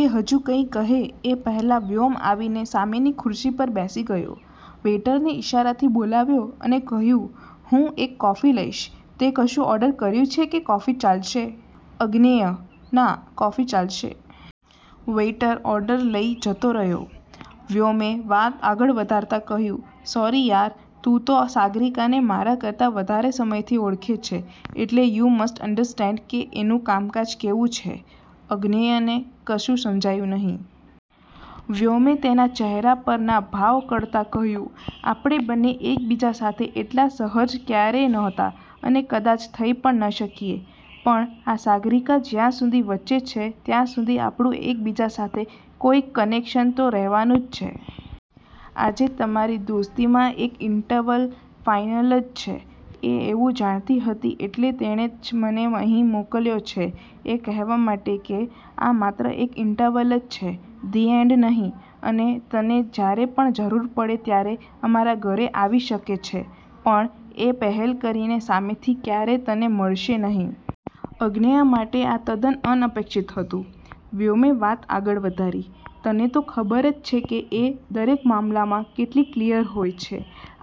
એ હજુ કંઈ કહે એ પહેલા વ્યોમ આવીને, સામેની ખુરશી પર બેસી ગયો, વેઈટરને ઇશારાથી બોલાવ્યો અને કહ્યું, "હું એક કોફી લઈશ, તેં કશું ઓર્ડર કર્યું છે કે કોફી ચાલશે? " અગ્નેય: "ના, કોફી ચાલશે. " વેઈટર ઓર્ડર લઇ જતો રહ્યો. વ્યોમે વાત આગળ વધરતા કહ્યું, "સોરી યાર, તું તો સાગરિકાને મારા કરતા વધારે સમયથી ઓળખે છે એટલે યુ મસ્ટ અન્ડરસ્ટેન્ડ કે એનું કામકાજ કેવું છે. " અગ્નેયને કશું સમજાયું નહીં. વ્યોમે તેનાં ચહેરા પરનાં ભાવ કળતા કહ્યું, "આપણે બંને એકબીજા સાથે એટલા સહજ ક્યારેય નહોતા અને કદાચ થઇ પણ ન શકીએ પણ, આ સાગરિકા જ્યાં સુધી વચ્ચે છે ત્યાં સુધી આપણું એકબીજા સાથે કોઈક કનેક્શન તો રહેવાનું જ. આજે તમારી દોસ્તીમાં એક ઈન્ટરવલ ફાઈનલ જ છે એ એવું જાણતી હતી એટલે તેણે જ મને અહીં મોકલ્યો છે એ કહેવા માટે કે, આ માત્ર એક ઈન્ટરવલ જ છે, ધી એન્ડ નહીં અને તને જયારે પણ જરૂર પડે ત્યારે અમારા ઘરે આવી શકે છે પણ, એ પહેલ કરીને સામેથી ક્યારેય તને મળશે નહીં. " અગ્નેય માટે આ તદ્દન અનપેક્ષિત હતું. વ્યોમે વાત આગળ વધારી, "તને તો ખબર જ છે કે એ દરેક મામલામાં કેટલી ક્લીયર હોય છે.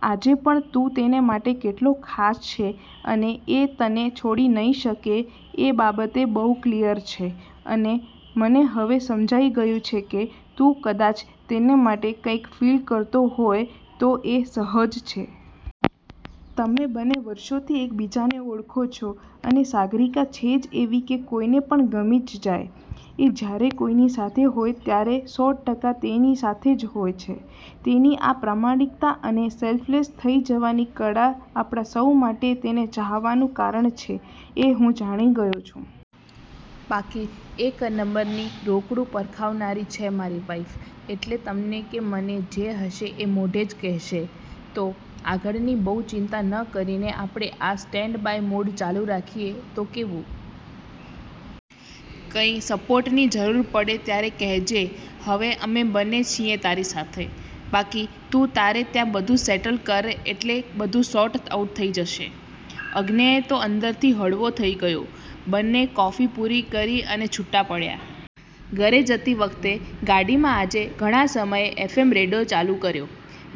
આજે પણ તું તેને માટે કેટલો ખાસ છે અને એ તને છોડી નહીં જ શકે એ બાબતે બહુ ક્લીયર છે અને મને હવે એ સમજાઈ ગયું છે કે, તું કદાચ તેને માટે કંઈ ફીલ કરતો હોય તો એ સહજ છે. તમે બંને વર્ષોથી એકબીજાને ઓળખો છો અને સાગરિકા છે જ એવી કે કોઈને પણ ગમી જ જાય. એ જયારે કોઈની સાથે હોય ત્યારે, સો ટકા તેની જ સાથે હોય છે. તેની આ પ્રામાણિકતા અને સેલ્ફ્લેસ થઇ જવાની કળા આપણા સૌને માટે તેને ચાહવાનું કારણ છે એ હું જાણી ગયો છું. બાકી, એક નંબરની રોકડું પરખાવનારી છે મારી વાઈફ એટલે તને કે મને જે હશે એ મોઢે જ કહેશે તો, આગળની બહુ ચિંતા ન કરીને આપણે આ સ્ટેન્ડ બાય મોડ ચાલુ રાખીએ તો કેવું? કંઈ સપોર્ટની જરૂર પડે ત્યારે કહેજે હવે અમે બંને છીએ તારી સાથે. બાકી, તું તારે ત્યાં બધું સેટલ કર એટલું બધું સોર્ટ આઉટ થઇ જશે. " અગ્નેય તો અંદરથી હળવો થઇ ગયો. બંને કોફી પૂરી કરી અને છુટ્ટા પડ્યા. ઘરે જતી વખતે ગાડીમાં આજે ઘણાં સમયે એફએમ રેડિયો ચાલુ કર્યો.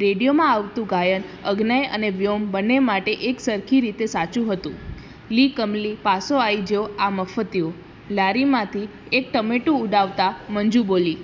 રેડિયોમાં આવતું ગાયન અગ્નેય અને વ્યોમ બંને માટે એક સરખી રીતે સાચું હતું "લી કમલી, પાસો આઈ જ્યો આ મફતિયો! " લારીમાંથી એક ટમેટું ઉઠાવતા મંજુ બોલી.